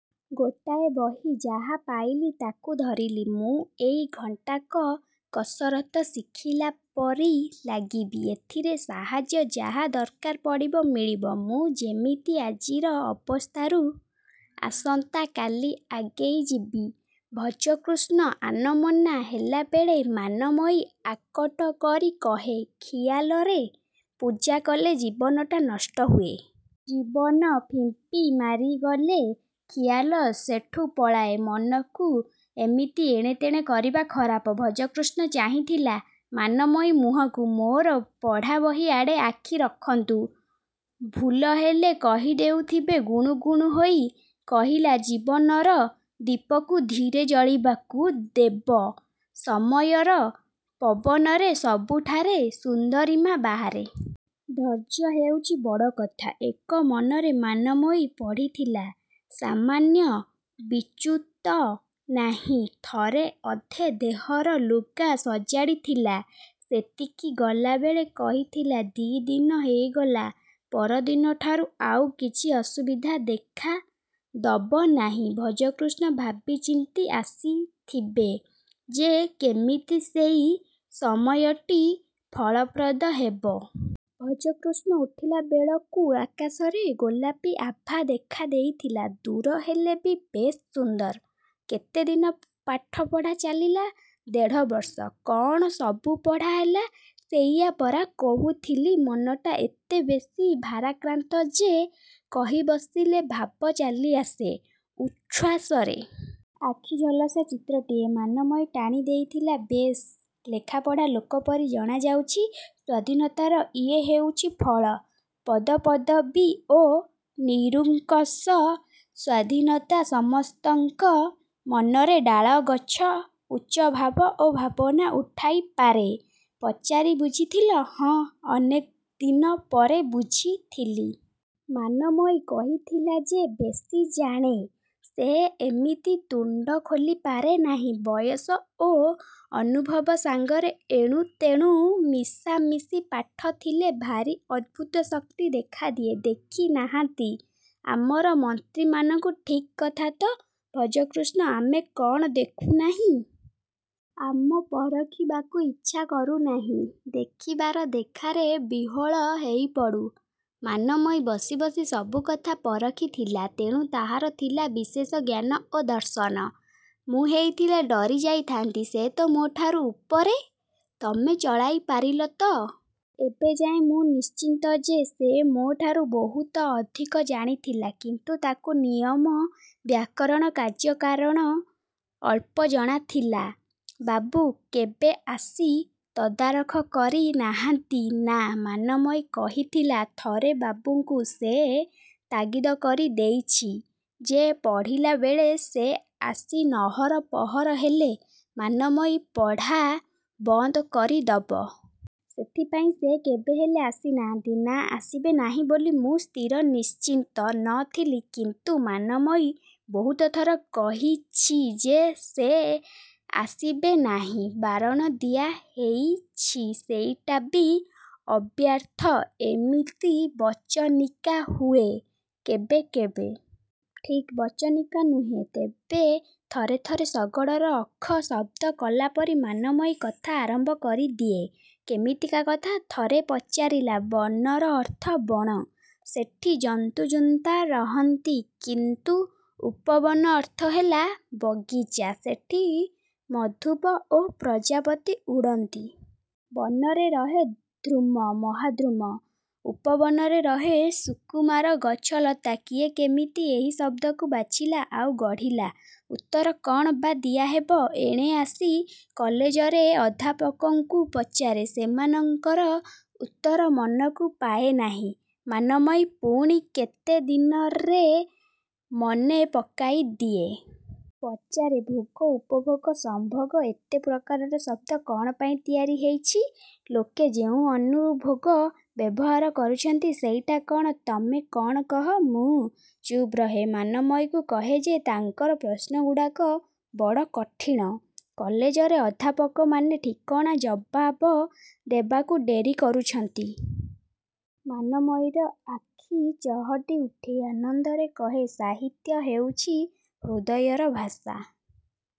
–ଗୋଟାଏ ବହି। ଯାହା ପାଇଲି ତା'କୁ ଧରିଲି। ମୁଁ ଏଇ ଘଣ୍ଟାକ କସରତ ଶିଖିଲା ପରି ଲାଗିବି ଏଥିରେ। ସାହାଯ୍ୟ ଯାହା ଦରକାର ପଡ଼ିବ–ମିଳିବ। ମୁଁ ଯେମିତି ଆଜିର ଅବସ୍ଥାରୁ ଆସନ୍ତା କାଲି ଆଗେଇ ଯିବି। ଭଜକୃଷ୍ଣ ଆନମନା ହେଲାବେଳେ ମାନମୟୀ ଆକଟ କରି କହେ–ଖିଆଲରେ ପୂଜା କଲେ ଜୀବନଟା ନଷ୍ଟ ହୁଏ। ଜୀବନ ଫିମ୍ପି ମାରିଗଲେ ଖିଆଲ ସେଠୁ ପଳାଏ। ମନକୁ ଏମିତି ଏଣେତେଣେ କରିବା ଖରାପ। ଭଜକୃଷ୍ଣ ଚାହିଁଥିଲା ମାନମୟୀ ମୁହଁକୁ। –ମୋର ପଢ଼ାବହି ଆଡ଼େ ଆଖି ରଖନ୍ତୁ। ଭୁଲହେଲେ କହିଦେଉଥିବେ। ଗୁଣୁ ଗୁଣୁ ହୋଇ କହିଲା–ଜୀବନର ଦୀପକୁ ଧୀରେ ଜଳିବାକୁ ଦେବ। ସମୟର ପବନରେ ସବୁଠାରେ ସୁନ୍ଦରିମା ବାହାରେ। ଧୈର୍ଯ୍ୟ ହେଉଛି ବଡ଼ କଥା। ଏକ ମନରେ ମାନମୟୀ ପଢ଼ିଥିଲା। ସାମାନ୍ୟ ବିଚ୍ୟୁତ ନାହିଁ। ଥରେ ଅଧେ ଦେହର ଲୁଗା ସଜାଡ଼ି ଥିଲା–ସେତିକି। ଗଲାବେଳେ କହିଥିଲା–ଦି'ଦିନ ହେଇଗଲା। ପରଦିନଠାରୁ ଆଉ କିଛି ଅସୁବିଧା ଦେଖା ଦବନାହିଁ। ଭଜକୃଷ୍ଣ ଭାବିଚିନ୍ତି ଆସିଥିବେ ଯେ କେମିତି ସେଇ ସମୟଟି ଫଳପ୍ରଦ ହେବ। ଭଜକୃଷ୍ଣ ଉଠିଲା ବେଳକୁ ଆକାଶରେ ଗୋଲାପି ଆଭା ଦେଖା ଦେଇଥିଲା–ଦୂର ହେଲେ ବି ବେଶ୍ ସୁନ୍ଦର। –କେତେ ଦିନ ପାଠପଢ଼ା ଚାଲିଲା? –ଦେଢ଼ ବର୍ଷ? –କ'ଣ ସବୁ ପଢ଼ା ହେଲା? –ସେଇଆ ପରା କହୁଥିଲି। ମନଟା ଏତେ ବେଶି ଭାରାକ୍ରାନ୍ତ ଯେ କହି ବସିଲେ ଭାବ ଚାଲିଆସେ ଉଚ୍ଛ୍ୱାସରେ। ଆଖି ଝଲସା ଚିତ୍ରଟିଏ ମାନମୟୀ ଟାଣି ଦେଇଥିଲା। –ବେଶ୍ ଲେଖାପଢ଼ା ଲୋକପରି ଜଣାଯାଉଛି। –ସ୍ୱାଧୀନତାର ଇଏ ହେଉଛି ଫଳ। ପଦପଦବୀ ଓ ନିରୁଙ୍କଶ ସ୍ୱାଧୀନତା ସମସ୍ତଙ୍କ ମନରେ ଡ଼ାଳଗଛ ଉଚ୍ଚ ଭାବ ଓ ଭାବନା ଉଠାଇ ପାରେ। –ପଚାରି ବୁଝିଥିଲ? –ହଁ, ଅନେକ ଦିନପରେ ବୁଝିଥିଲି। ମାନମୟୀ କହିଥିଲା–ଯେ ବେଶି ଜାଣେ, ସେ ଏମିତି ତୁଣ୍ଡ ଖୋଲିପାରେ ନାହିଁ। ବୟସ ଓ ଅନୁଭବ ସାଙ୍ଗରେ ଏଣୁ ତେଣୁ ମିଶାମିଶି ପାଠ ଥିଲେ ଭାରି ଅଦ୍ଭୁତ ଶକ୍ତି ଦେଖାଦିଏ–ଦେଖି ନାହାନ୍ତି ଆମର ମନ୍ତ୍ରୀମାନଙ୍କୁ। –ଠିକ୍ କଥା ତ, ଭଜକୃଷ୍ଣ। –ଆମେ କ'ଣ ଦେଖୁ ନାହିଁ? ଆମ ପରଖିବାକୁ ଇଛା କରୁନାହିଁ। ଦେଖିବାର ଦେଖାରେ ବିହ୍ୱଳ ହେଇପଡ଼ୁ। ମାନମୟୀ ବସି ବସି ସବୁ କଥା ପରଖିଥିଲା। ତେଣୁ ତାହାର ଥିଲା ବିଶେଷ ଜ୍ଞାନ ଓ ଦର୍ଶନ। –ମୁଁ ହେଇଥିଲେ ଡରି ଯାଇଥାନ୍ତି। ସେ ତ ମୋ' ଠାରୁ ଉପରେ। ତମେ ଚଳାଇ ପାରିଲ ତ। –ଏବେଯାଏ ମୁଁ ନିଶ୍ଚିତ ଯେ ସେ ମୋ'ଠାରୁ ବହୁତ ଅଧିକ ଜାଣିଥିଲା, କିନ୍ତୁ ତାକୁ ନିୟମ, ବ୍ୟାକରଣ, କାର୍ଯ୍ୟକାରଣ ଅଳ୍ପ ଜଣାଥିଲା। –ବାବୁ କେବେ ଆସି ତଦାରଖ କରି ନାହାନ୍ତି? –ନା, ମାନମୟୀ କହିଥିଲା ଥରେ। ବାବୁଙ୍କୁ ସେ ତାଗିଦ୍ କରି ଦେଇଛି ଯେ ପଢ଼ିଲା ବେଳେ ସେ ଆସି ନହର ପହର ହେଲେ ମାନମୟୀ ପଢ଼ା ବନ୍ଦ କରିଦବ। –ସେଥିପାଇଁ ସେ କେବେ ହେଲେ ଆସି ନାହାନ୍ତି। –ନା, ଆସିବେ ନାହିଁ ବୋଲି ମୁଁ ସ୍ଥିର ନିଶ୍ଚିତ ନ ଥିଲି କିନ୍ତୁ ମାନମୟୀ ବହୁତ ଥର କହିଛି ଯେ ସେ ଆସିବେ ନାହିଁ। ବାରଣ ଦିଆ ହେଇଛି–ସେଇଟା ବି ଅବ୍ୟର୍ଥ। –ଏମିତି ବଚନିକା ହୁଏ କେବେ କେବେ? –ଠିକ୍ ବଚନିକା ନୁହେଁ। ତେବେ ଥରେ ଥରେ ଶଗଡ଼ର ଅଖ ଶବ୍ଦ କଲାପରି ମାନମୟୀ କଥା ଆରମ୍ଭ କରିଦିଏ। –କେମିତିକା କଥା? –ଥରେ ପଚାରିଲା ବନର ଅର୍ଥ ବଣ। ସେଠି ଜନ୍ତୁଜୁନ୍ତା ରହନ୍ତି। କିନ୍ତୁ ଉପବନ ଅର୍ଥ ହେଲା ବଗିଚା–ସେଠି ମଧୁପ ଓ ପ୍ରଜାପତି ଉଡ଼ନ୍ତି। ବନରେ ରହେ ଦ୍ରୁମ–ମହାଦ୍ରୁମ। ଉପବନରେ ରହେ ସୁକୁମାର ଗଛ ଲଟା। କିଏ କେମିତି ଏହି ଶବ୍ଦକୁ ବାଛିଲା? ଆଉ ଗଢ଼ିଲା। –ଉତ୍ତର କ'ଣ ବା ଦିଆହେବ? ଏଣେ ଆସି କଲେଜରେ ଅଧ୍ୟାପକଙ୍କୁ ପଚାରେ। ସେମାନଙ୍କର ଉତ୍ତର ମନକୁ ପାଏନାହିଁ ମାନମୟୀ ପୁଣି କେତେ ଦିନରେ ମନେ ପକାଇଦିଏ। ପଚାରେ ଭୋଗ–ଉପଭୋଗ–ସମ୍ଭୋଗ–ଏତେ ପ୍ରକାରର ଶବ୍ଦ କ'ଣ ପାଇଁ ତିଆରି ହେଇଛି? ଲୋକେ ଯେଉଁ ଅନୁଭୋଗ ବ୍ୟବହାର କରୁଛନ୍ତି–ସେଇଟା କ'ଣ? –ତମେ କ'ଣ କହ? ମୁଁ ଚୁପ୍ ରହେ। ମାନମୟୀକୁ କହେ ଯେ ତାଙ୍କର ପ୍ରଶ୍ନଗୁଡ଼ାକ ବଡ଼ କଠିଣ। କଲେଜରେ ଅଧ୍ୟାପକମାନେ ଠିକଣା ଜବାବ ଦେବାକୁ ଡେରି କରୁଛନ୍ତି। ମାନମୟୀର ଆଖି ଚହଟି ଉଠେ ଆନନ୍ଦରେ କହେ ସାହିତ୍ୟ ହେଉଛି ହୃଦୟର ଭାଷା।